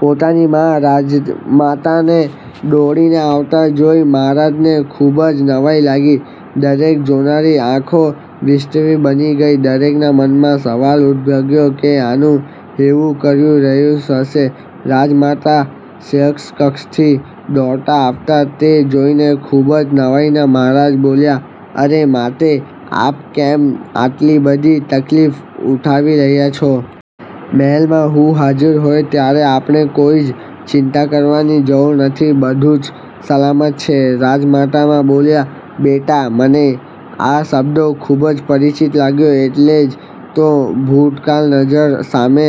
પોતાની મા રાજમાતાને દોડીને આવતાં જોઈ મહારાજને ખુબ જ નવાઈ લાગી. દરેક જોનારની આંખો વિસ્મિત બની ગઈ. દરેકના મનમાં સવાલ ઉદ્દભવ્યો કે,"આનું એવું કયું રહસ્ય હશે? રાજમાતા શયનકક્ષથી દોડતા આવ્યાં તે જોઈને ખુબ જ નવાઈમાં મહારાજ બોલ્યાં,"અરે માતે, આપ કેમ આટલી બધી તકલીફ ઉઠાવી રહ્યાં છો? મહેલમાં હું હાજર હોય ત્યારે આપણે કોઈ જ ચિંતા કરવાની જરૂર નથી. બધું જ સલામત છે." રાજમાતાં બોલ્યાં,"બેટા મને આ શબ્દો ખુબ જ પરિચિત લાગ્યાં એટલે જ તો ભૂતકાળ નજ઼ર સામે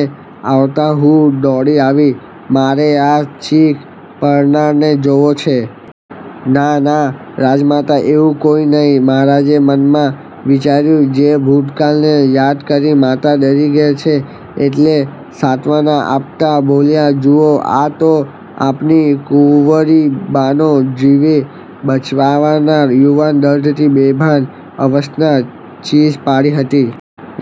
આવતાં હું દોડી આવી, મારે આ ચીખ પાડનારને જોવો છે." "ના, ના રાજમાતા એવું કાંઈ નહીં." મહારાજે મનમાં વિચાર્યું જે ભૂતકાળને યાદ કરી માતા ડરી ગયાં છે, એટલે શાંત્વના આપતાં બોલ્યાં," જૂઓ આ તો આપની કુંવરીબાનો જીવ બચાવનાર યુવાન દર્દથી બેભાન અવસ્થામાં ચીસ પાડી હતી."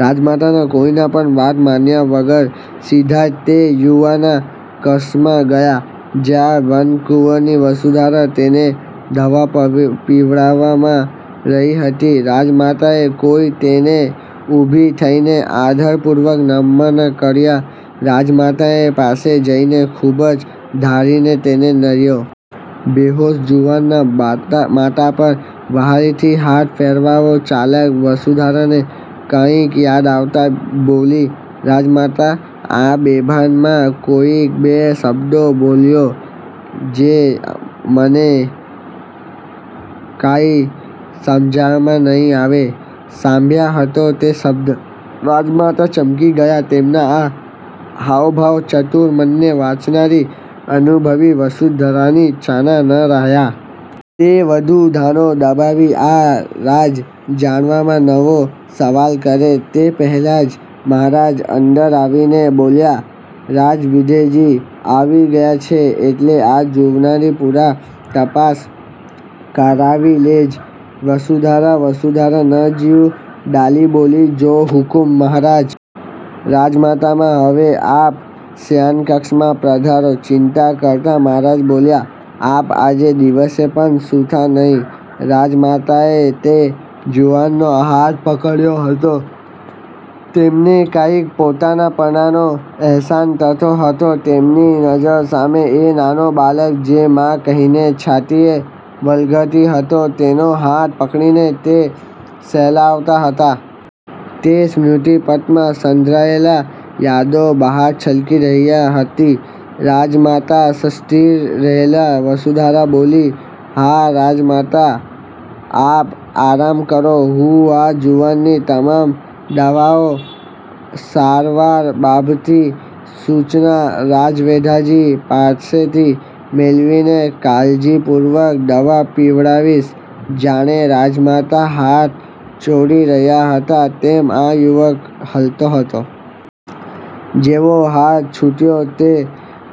રાજમાતાં કોઈની પણ વાત માન્યાં વગર સીધા જ તે યુવાનના કક્ષમાં ગયાં. જ્યાં વનકુંવરી વસુંધરા તેણે દવા પીવડાવી રહી હતી. રાજમાતાને જોઈ તેણે ઉભી થઈને આદરપૂર્વક નમન કર્યા. રાજમાતાએ પાસે જઈને ખુબ જ ધારીને તેને નીરખ્યો. બેહોશ જુવાનના માથા પર વહાલથી હાથ ફેરવ્યો. ચાલાક વસુંધરાને કાંઈક યાદ આવતાં બોલી,"રાજમાતાં આ બેભાનમાં કાંઈક બે શબ્દો બોલ્યો જે મને કાંઈ સમજાયાં નહીં. આપે સાંભળ્યા હતાં તે શબ્દ?" રાજમાતા ચમકી ગયાં. તેમનાં આ હાવભાવ ચતુર મનને વાંચનારી અનુભવી વસુંધરાથી છાના ન રહ્યાં. તે વઘુ દાણો દબાવી આ રાજ જાણવાં નવો સવાલ કરે તે પહેલાં જ મહારાજ અંદર આવીને બોલ્યાં,"રાજવૈદ્યજી આવી ગયાં છે, એટલે આ જુવાનની પુરી તપાસ કરાવી લેજો વસુંધરા." વસુંધરા નજર્યું ઢાળી બોલી,"જો હુકુમ મહારાજ." "રાજમાતાં હવે આપ શયનકક્ષમાં પધારો." ચિંતા કરતાં મહારાજ બોલ્યાં,"આપ આજે દિવસે પણ સૂતાં નહીં." રાજમાતાએ તે જુવાનનો હાથ પકડેલો હતો, તેમણે કાંઈક પોતાનાપણાનો અહેસાસ થતો હતો. તેમની નજ઼ર સામે એ નાનો બાળક જે મા કહીને છાતીએ વળગતો હતો, તેનો હાથ પકડીને તે સહેલાવતાં હતાં. તે સ્મૃતિપટમાં સંઘરાયેલી યાદો બહાર છલકી રહી હતી. રાજમાતા સ્થીર રહેતા વસુંધરા બોલી,"હાં રાજમાતાં આપ આરામ કરો. હું આ જુવાનની તમામ દવાઓ સારવાર બાબતની સૂચના રાજવૈદ્યજી પાસેથી મેળવીને કાળજીપૂર્વક દવા પીવડાવીશ." જાણે રાજમાતાં હાથ છોડી રહ્યાં હતાં તેમ આ યુવક હલતો હતો. જેવો હાથ છૂટ્યો કે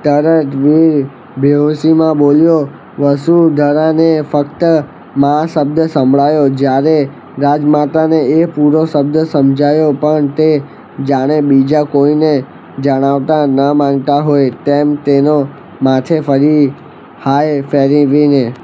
તરત વીર બેહોશીમાં બોલ્યો, વસુંધરાને ફક્ત મા શબ્દ સંભળાયો જયારે રાજમાતાને એ પૂરો શબ્દ સમજાયો, પણ તે જાણે બીજા કોઈને જણાવવા ન માગતાં હોય તેમ તેનાં માથે ફરી હાથ ફેરવીને